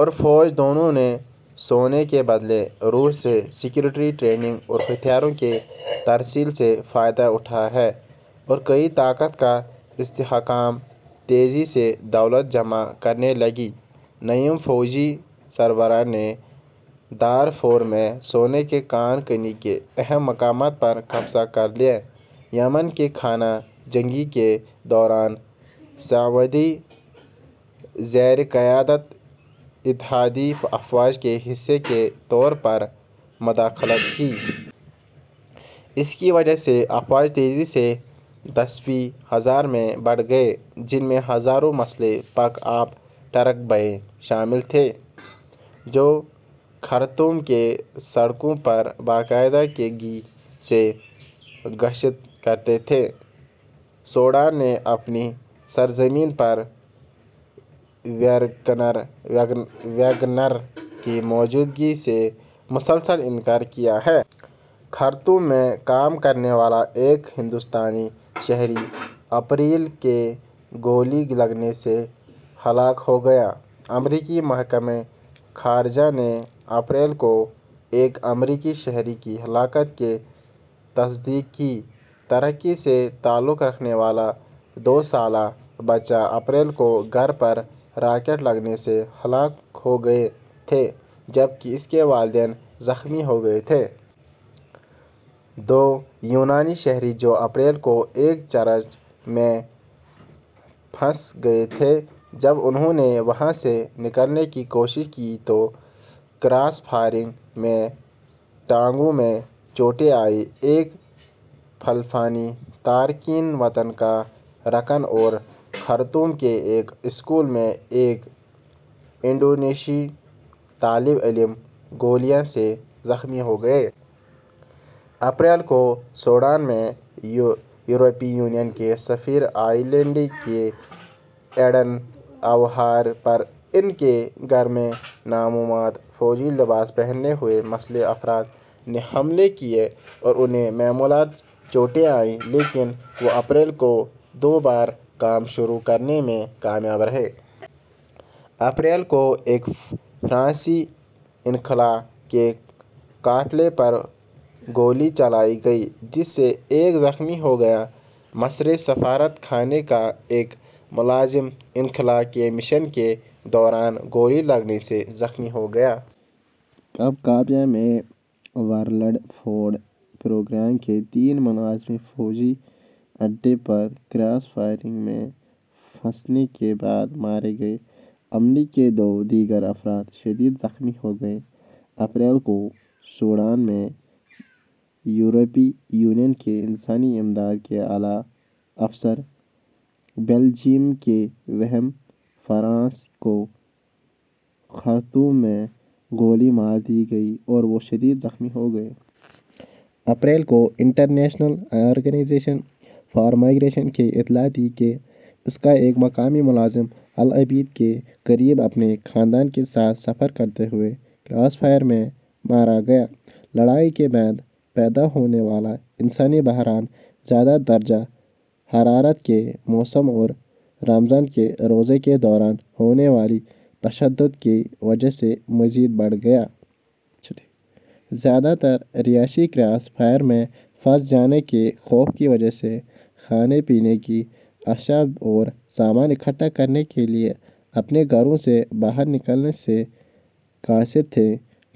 اور فوج دونوں نے سونے کے بدلے روس سے سیکورٹی ٹریننگ اور ہتھیاروں کی ترسیل سے فائدہ اٹھایا ہے۔ اور کی طاقت کا استحکام تیزی سے دولت جمع کرنے لگے، نیم فوجی سربراہ نے دارفور میں سونے کی کان کنی کے اہم مقامات پر قبضہ کر لیا، یمن کی خانہ جنگی کے دوران سعودی زیرقیادت اتحادی افواج کے حصے کے طور پر مداخلت کی۔ اس کی وجہ سے افواج تیزی سے دسیوں ہزار میں بڑھ گئیں، جن میں ہزاروں مسلح پک اپ ٹرک بھی شامل تھے، جو خرطوم کی سڑکوں پر باقاعدگی سے گشت کرتے تھے۔ سوڈان نے اپنی سرزمین پر ویگنر کی موجودگی سے مسلسل انکار کیا ہے۔ ۔ خرطوم میں کام کرنے والا ایک ہندوستانی شہری اپریل کو گولی لگنے سے ہلاک ہو گیا۔ امریکی محکمہ خارجہ نے اپریل کو ایک امریکی شہری کی ہلاکت کی تصدیق کی۔ ترکی سے تعلق رکھنے والی دو سالہ بچی اپریل کو گھر پر راکٹ لگنے سے ہلاک ہو گئی تھی جبکہ اس کے والدین زخمی ہو گئے تھے۔ دو یونانی شہری جو اپریل کو ایک چرچ میں پھنس گئے تھے جب انھوں نے وہاں سے نکلنے کی کوشش کی تو کراس فائر میں ٹانگوں میں چوٹیں آئیں۔ ایک فلپائنی تارکین وطن کارکن اور خرطوم کے ایک اسکول میں ایک انڈونیشی طالب علم گولیوں سے زخمی ہو گئے۔ اپریل کو، سوڈان میں یورپی یونین کے سفیر، آئرلینڈ کے ایڈن اوہارا پر ان کے گھر میں نامعلوم "فوجی لباس پہنے ہوئے مسلح افراد" نے حملہ کیا اور انھیں معمولی چوٹیں آئیں لیکن وہ اپریل کو دوبارہ کام شروع کرنے میں کامیاب رہے۔ اپریل کو ایک فرانسیسی انخلاء کے قافلے پر گولی چلائی گئی جس سے ایک زخمی ہو گیا۔ مصری سفارت خانے کا ایک ملازم انخلاء کے مشن کے دوران گولی لگنے سے زخمی ہو گیا۔ کبکابیہ میں، ورلڈ فوڈ پروگرام کے تین ملازمین فوجی اڈے پر کراس فائر میں پھنسنے کے بعد مارے گئے۔ عملے کے دو دیگر افراد شدید زخمی ہو گئے۔ اپریل کو، سوڈان میں یورپی یونین کے انسانی امداد کے اعلیٰ افسر، بیلجیئم کے ویم فرانسن کو خرطوم میں گولی مار دی گئی اور وہ شدید زخمی ہوئے۔ اپریل کو، انٹرنیشنل آرگنائزیشن فار مائیگریشن نے اطلاع دی کہ اس کا ایک مقامی ملازم العبید کے قریب اپنے خاندان کے ساتھ سفر کرتے ہوئے کراس فائر میں مارا گیا۔ لڑائی کے بعد پیدا ہونے والا انسانی بحران زیادہ درجہ حرارت کے موسم اور رمضان کے روزے کے دوران ہونے والے تشدد کی وجہ سے مزید بڑھ گیا۔ زیادہ تر رہائشی کراس فائر میں پھنس جانے کے خوف کی وجہ سے کھانے پینے کی اشیاء اور سامان اکٹھا کرنے کے لیے اپنے گھروں سے باہر نکلنے سے قاصر تھے۔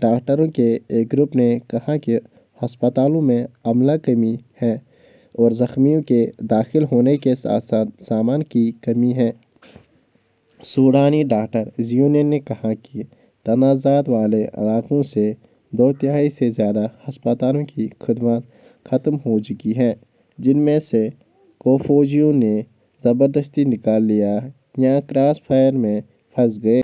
ڈاکٹروں کے ایک گروپ نے کہا کہ ہسپتالوں میں عملہ کمی ہے اور زخمیوں کے داخل ہونے کے ساتھ ساتھ سامان کی کمی ہے۔ سوڈانی ڈاکٹرز یونین نے کہا کہ تنازعات والے علاقوں میں دو تہائی سے زیادہ ہسپتالوں کی خدمات ختم ہو چکی ہیں جن میں سے کو فوجیوں نے زبردستی نکال لیا یا کراس فائر میں پھنس گئے۔